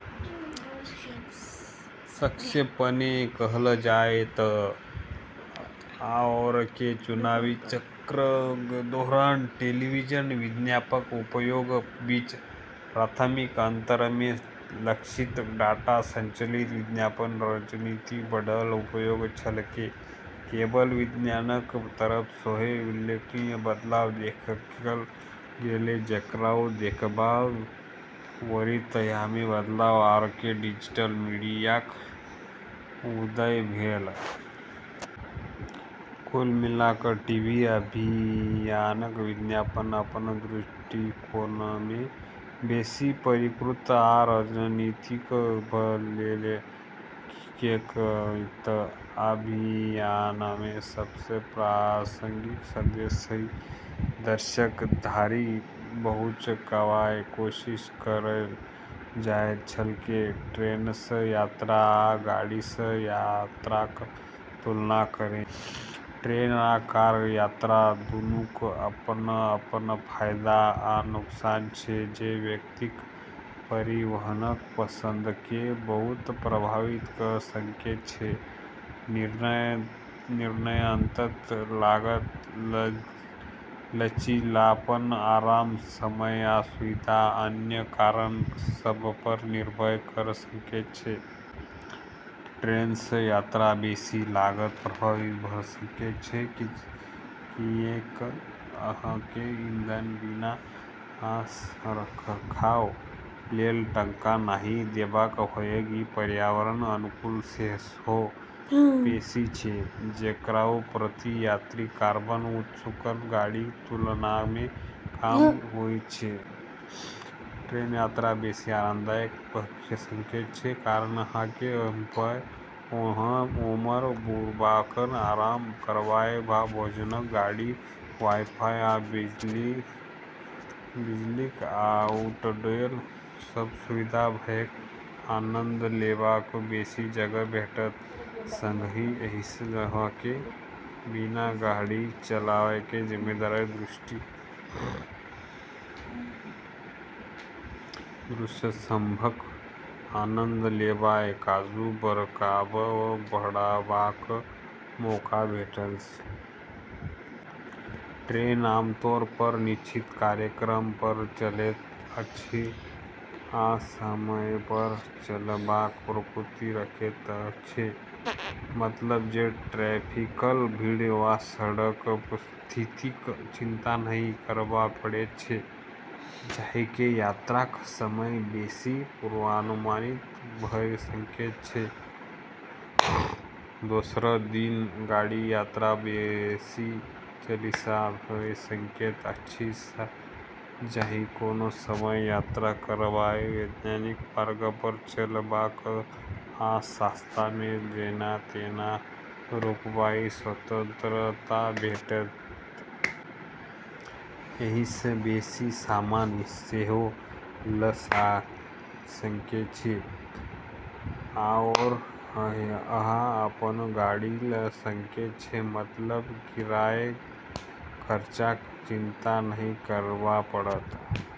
संक्षेपमे कहल जाय तऽ आओरके चुनावी चक्रक दौरान टेलीविजन विज्ञापनक उपयोगक बीच प्राथमिक अंतरमे लक्षित, डाटा संचालित विज्ञापन रणनीतिक बढ़ल उपयोग छलैक। केबल विज्ञापनक तरफ सेहो उल्लेखनीय बदलाव देखल गेलै, जेकरासँ देखबाक वरीयतामे बदलाव आओर डिजिटल मीडियाक उदय भेल। कुल मिला कऽ टीवी अभियानक विज्ञापन अपन दृष्टिकोणमे बेसी परिष्कृत आ रणनीतिक भऽ गेलै, किऐक तऽ अभियानमे सबसँ प्रासंगिक संदेश सही दर्शक धरि पहुँचबाक कोशिश कएल जाइत छलैक। ट्रेनसँ यात्रा आ गाड़ीसँ यात्राक तुलना करू। ट्रेन आ कार यात्रा दूनूक अपन-अपन फायदा आ नुकसान छै जे व्यक्तिक परिवहनक पसंदकेँ बहुत प्रभावित कऽ सकैत छै। निर्णय अंततः लागत, लचीलापन, आराम, समय आ सुविधा, आ अन्य कारक सभपर निर्भर कऽ सकैत छै। ट्रेनसँ यात्रा बेसी लागत प्रभावी भऽ सकैत छै, किऐक तऽ अहाँकेँ ईंधन, बीमा, आ रखरखाव लेल टका नहि देबाक होयत। ई पर्यावरणक अनुकूल सेहो बेसी छै, जेकरासँ प्रति यात्री कार्बन उत्सर्जन गाड़ीक तुलनामे कम होइत छै। ट्रेन यात्रा बेसी आरामदायक भऽ सकैत अछि, कारण, अहाँकेँ एम्हर-ओम्हर घुमबाक, आराम करबाक, आ भोजनक गाड़ी, वाई-फाई, आ बिजलीक आउटलेट सन सुविधा सभक आनंद लेबाक बेसी जगह भेटत। संगहि एहिसँ अहाँकेँ बिना गाड़ी चलाबाक जिम्मेदारीक दृश्य सभक आनंद लेबाक, काज करबाक वा पढ़बाक मौका भेटत। ट्रेन आमतौरपर निश्चित कार्यक्रमपर चलैत अछि आ समयपर चलबाक प्रवृत्ति रखैत अछि, मतलब जे ट्रैफिकक भीड़ वा सड़कक स्थितिक चिंता नहि करबाक पड़ैत अछि, जाहिसँ यात्राक समय बेसी पूर्वानुमानित भऽ सकैत अछि। दोसर दिस, गाड़ीसँ यात्रा बेसी लचीला भऽ सकैत अछि, जाहिसँ कोनो समय यात्रा करबाक, वैकल्पिक मार्गपर चलबाक, आ रास्तामे जेना-तेना रुकबाक स्वतंत्रता भेटत। एहिसँ बेसी सामान सेहो लऽ जा सकै छी, आओर अहाँ अपन गाड़ी लऽ सकै छी, मतलब किरायाक खर्चाक चिंता नहि करबाक पड़त।